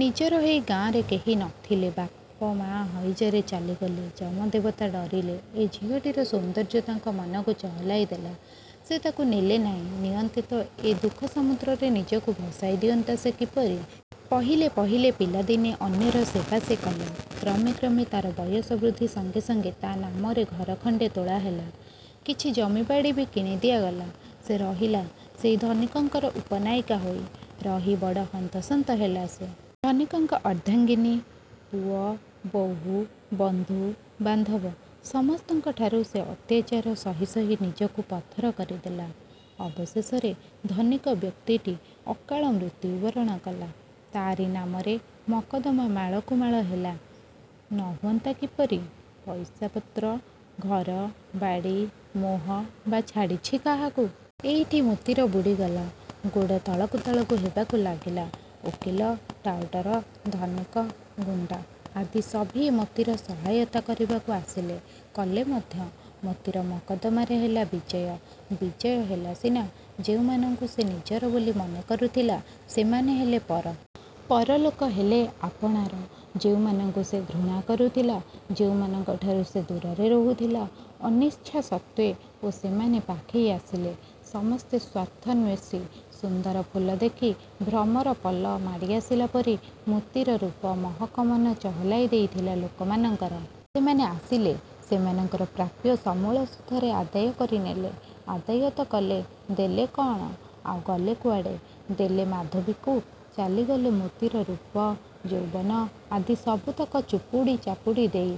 ନିଜର ହେଇ ଗାଁରେ କେହି ନ ଥିଲେ। ବାପ ମା ହଇଜାରେ ଚାଲିଗଲେ। ଯମ ଦେବତା ଡରିଲେ, ଏ ଝିଅଟିର ସୌନ୍ଦର୍ଯ୍ୟ ତାଙ୍କ ମନକୁ ଚହଲାଇ ଦେଲା, ସେ ତାକୁ ନେଲେ ନାହିଁ। ନିଅନ୍ତେ ତ, ଏ ଦୁଃଖ ସମୁଦ୍ରରେ ନିଜକୁ ଭସାଇ ଦିଅନ୍ତା ସେ କିପରି? ପହିଲେ ପହିଲେ ପିଲାଦିନେ ଅନ୍ୟର ସେବା ସେ କଲା। କ୍ରମେ କ୍ରମେ ତାର ବୟସ ବୃଦ୍ଧି ସଙ୍ଗେ ସଙ୍ଗେ ତା ନାମରେ ଘର ଖଣ୍ତେ ତୋଳା ହେଲା। କିଛି ଜମି ବାଡ଼ି ବି କିଣି ଦିଆଗଲା। ସେ ରହିଲା ସେହି ଧନିକଙ୍କର ଉପନାୟିକା ହୋଇ। ରହି ବଡ଼ ହନ୍ତସନ୍ତ ହେଲା ସେ। ଧନିକଙ୍କ ଅର୍ଦ୍ଧାଙ୍ଗିନୀ, ପୁଅ, ବୋହୁ, ବନ୍ଧୁ, ବାନ୍ଧବ—ସମସ୍ତଙ୍କଠାରୁ ସେ ଅତ୍ୟାଚାର ସହି ସହି ନିଜକୁ ପଥର କରିଦେଲା। ଅବଶେଷରେ ଧନିକ ବ୍ୟକ୍ତିଟି ଅକାଳମୃତ୍ୟୁ ବରଣ କଲା। ତାରି ନାମରେ ମକଦ୍ଦମା ମାଳକୁ ମାଳ ହେଲା। ନ ହୁଅନ୍ତା କିପରି? ପଇସା ପତ୍ର, ଘର, ବାଡ଼ି, ମୋହ ବା ଛାଡ଼ିଛି କାହାକୁ? ଏଇଠି ମୋତିର ବୁଡ଼ିଗଲା ଗୋଡ଼ ତଳକୁ ତଳକୁ ହେବାକୁ ଲାଗିଲା। ଓକିଲ, ଟାଉଟର, ଧନିକ, ଗୁଣ୍ତା ଆଦି ସଭିଏ ମୋତିର ସହାୟତା କରିବାକୁ ଆସିଲେ। କଲେ ମଧ୍ୟ। ମୋତିର ମକଦ୍ଦମାରେ ହେଲା ବିଜୟ। ବିଜୟ ହେଲା ସିନା, ଯେଉଁମାନଙ୍କୁ ସେ ନିଜର ବୋଲି ମନେ କରୁଥିଲା, ସେମାନେ ହେଲେ ପର। ପର ଲୋକ ହେଲେ ଆପଣାର। ଯେଉଁମାନଙ୍କୁ ସେ ଘୃଣା କରୁଥିଲା, ଯେଉଁମାନଙ୍କଠାରୁ ସେ ଦୂରରେ ରହୁଥିଲା, ଅନିଚ୍ଛାସତ୍ତ୍ୱେ ଓ ସେମାନେ ପାଖେଇ ଆସିଲେ। ସମସ୍ତେ ସ୍ୱାର୍ଥନ୍ୱେଷୀ। ସୁନ୍ଦର ଫୁଲ ଦେଖି ଭ୍ରମରପଲ ମାଡ଼ି ଆସିଲା ପରି ମୋତିର ରୂପ ମହକ ମନ ଚହଲାଇ ଦେଇଥିଲା ଲୋକମାନଙ୍କର। ସେମାନେ ଆସିଲେ। ସେମାନଙ୍କର ପ୍ରାପ୍ୟ ସମୂଳ ସୁଧରେ ଆଦାୟ କରିନେଲେ। ଆଦାୟ ତ କଲେ, ଦେଲେ କଅଣ? ଆଉ ଗଲେ କୁଆଡ଼େ? ଦେଲେ ମାଧବୀକୁ, ଚାଲିଗଲେ ମୋତିର ରୂପ, ଯୌବନ ଆଦି ସବୁତକ ଚୁପୁଡ଼ି ଚାପୁଡ଼ି ଦେଇ,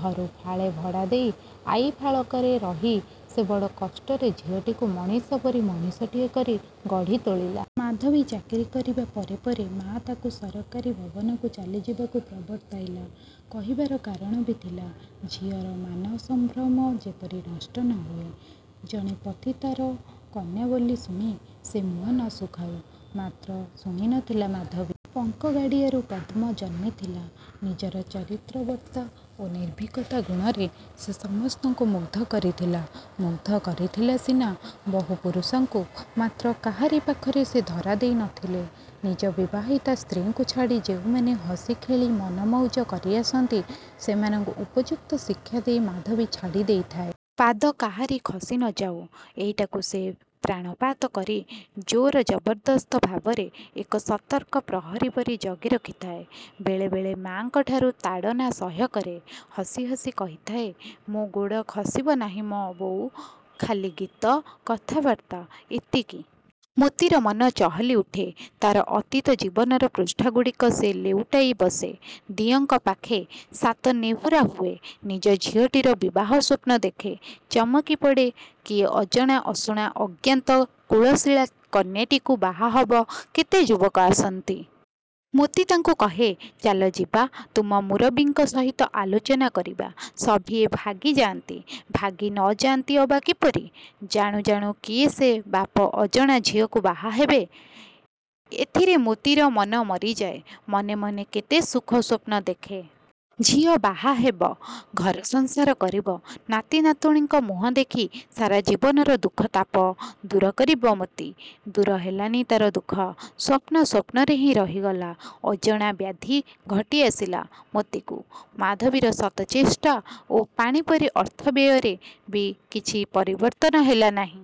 ଘରୁ ଫାଳେ ଭଡ଼ା ଦେଇ ଆଇ ଫାଳକରେ ରହି ସେ ବଡ଼ କଷ୍ଟରେ ଝିଅଟିକୁ ମଣିଷ ପରି ମଣିଷଟିଏ କରି ଗଢ଼ି ତୋଳିଲା। ମାଧବୀ ଚାକିରୀ କରିବା ପରେ ପରେ ମା ତାକୁ, ସରକାରୀ ଭବନକୁ ଚାଲି ଯିବାକୁ ପ୍ରବର୍ତ୍ତାଇଲା। କହିବାର କାରଣ ବି ଥିଲା। ଝିଅର ମାନ ସମ୍ଭ୍ରମ ଯେପରି ନଷ୍ଟ ନ ହୁଏ। ଜଣେ ପତିତାର କନ୍ୟା ବୋଲି ଶୁଣି ସେ ମୁହଁ ନ ଶୁଖାଉ। ମାତ୍ର ଶୁଣି ନ ଥିଲା ମାଧବୀ। ପଙ୍କ ଗାଡ଼ିଆରୁ ପଦ୍ମ ଜନ୍ମିଥିଲା। ନିଜର ଚରିତ୍ରବର୍ତ୍ତା ଓ ନିର୍ଭୀକତା ଗୁଣରେ ସେ ସମସ୍ତଙ୍କୁ ମୁଗ୍ଧ କରିଥିଲା। ମୁଗ୍ଧ କରିଥିଲା ସିନା ବହୁ ପୁରୁଷଙ୍କୁ; ମାତ୍ର କାହାରି ପାଖରେ ସେ ଧରା ଦେଇ ନ ଥିଲେ। ନିଜ ବିବାହିତା ସ୍ତ୍ରୀଙ୍କୁ ଛାଡ଼ି ଯେଉଁମାନେ ହସି ଖେଳି ମନ ମଉଜ କରିଆସନ୍ତି, ସେମାନଙ୍କୁ ଉପଯୁକ୍ତ ଶିକ୍ଷା ଦେଇ ମାଧବୀ ଛାଡ଼ି ଦେଇଥାଏ। ପାଦ କାହାରି ଖସି ନ ଯାଉ—ଏଇଟାକୁ ସେ ପ୍ରାଣପାତ କରି ଜୋର ଜବରଦସ୍ତ ଭାବରେ ଏକ ସତର୍କ ପ୍ରହରୀ ପରି ଜଗି ରଖିଥାଏ। ବେଳେ ବେଳେ ମାଙ୍କଠାରୁ ତାଡ଼ନା ସହ୍ୟ କରେ। ହସି ହସି କହିଥାଏ—ମୋ ଗୋଡ଼ ଖସିବ ନାହିଁ ମ ବୋଉ। ଖାଲି ଗୀତ, କଥାବାର୍ତ୍ତା ଏତିକି। ମୋତିର ମନ ଚହଲିଉଠେ। ତାର ଅତୀତ ଜୀବନର ପୃଷ୍ଠା ଗୁଡ଼ିକ ସେ ଲେଉଟାଇ ବସେ। ଦିଅଁଙ୍କ ପାଖେ ସାତ ନେହୁରା ହୁଏ। ନିଜ ଝିଅଟିର ବିବାହ ସ୍ୱପ୍ନ ଦେଖେ। ଚମକି ପଡ଼େ, କିଏ ଅଜଣା ଅଶୁଣା ଅଜ୍ଞାତ କୁଳଶୀଳା କନ୍ୟାଟିକୁ ବାହା ହବ। କେତେ ଯୁବକ ଆସନ୍ତି। ମୋତି ତାଙ୍କୁ କହେ—ଚାଲ ଯିବା ତୁମ ମୁରବୀଙ୍କ ସହିତ ଆଲୋଚନା କରିବା। ସଭିଏ ଭାଗି ଯାଆନ୍ତି। ଭାଗି ନ ଯାଆନ୍ତି ଅବା କିପରି? ଜାଣୁ ଜାଣୁ କିଏ ସେ ବାପ ଅଜଣା ଝିଅକୁ ବାହାହେବେ! ଏଥିରେ ମୋତିର ମନ ମରିଯାଏ। ମନେ ମନେ କେତେ ସୁଖ ସ୍ୱପ୍ନ ଦେଖେ। ଝିଅ ବାହା ହେବ। ଘର ସଂସାର କରିବ। ନାତି ନାତୁଣୀଙ୍କ ମୁହଁ ଦେଖି ସାରା ଜୀବନର ଦୁଃଖ-ତାପ ଦୂର କରିବ ମୋତି।। ଦୂର ହେଲାନି ତାର ଦୁଃଖ। ସ୍ୱପ୍ନ ସ୍ୱପ୍ନରେ ହିଁ ରହିଗଲା। ଅଜଣା ବ୍ୟାଧି ଘଟି ଆସିଲା ମୋତିକୁ। ମାଧବୀର ଶତଚେଷ୍ଟା ଓ ପାଣିପରି ଅର୍ଥ ବ୍ୟୟରେ ବି କିଛି ପରିବର୍ତ୍ତନ ହେଲା ନାହିଁ।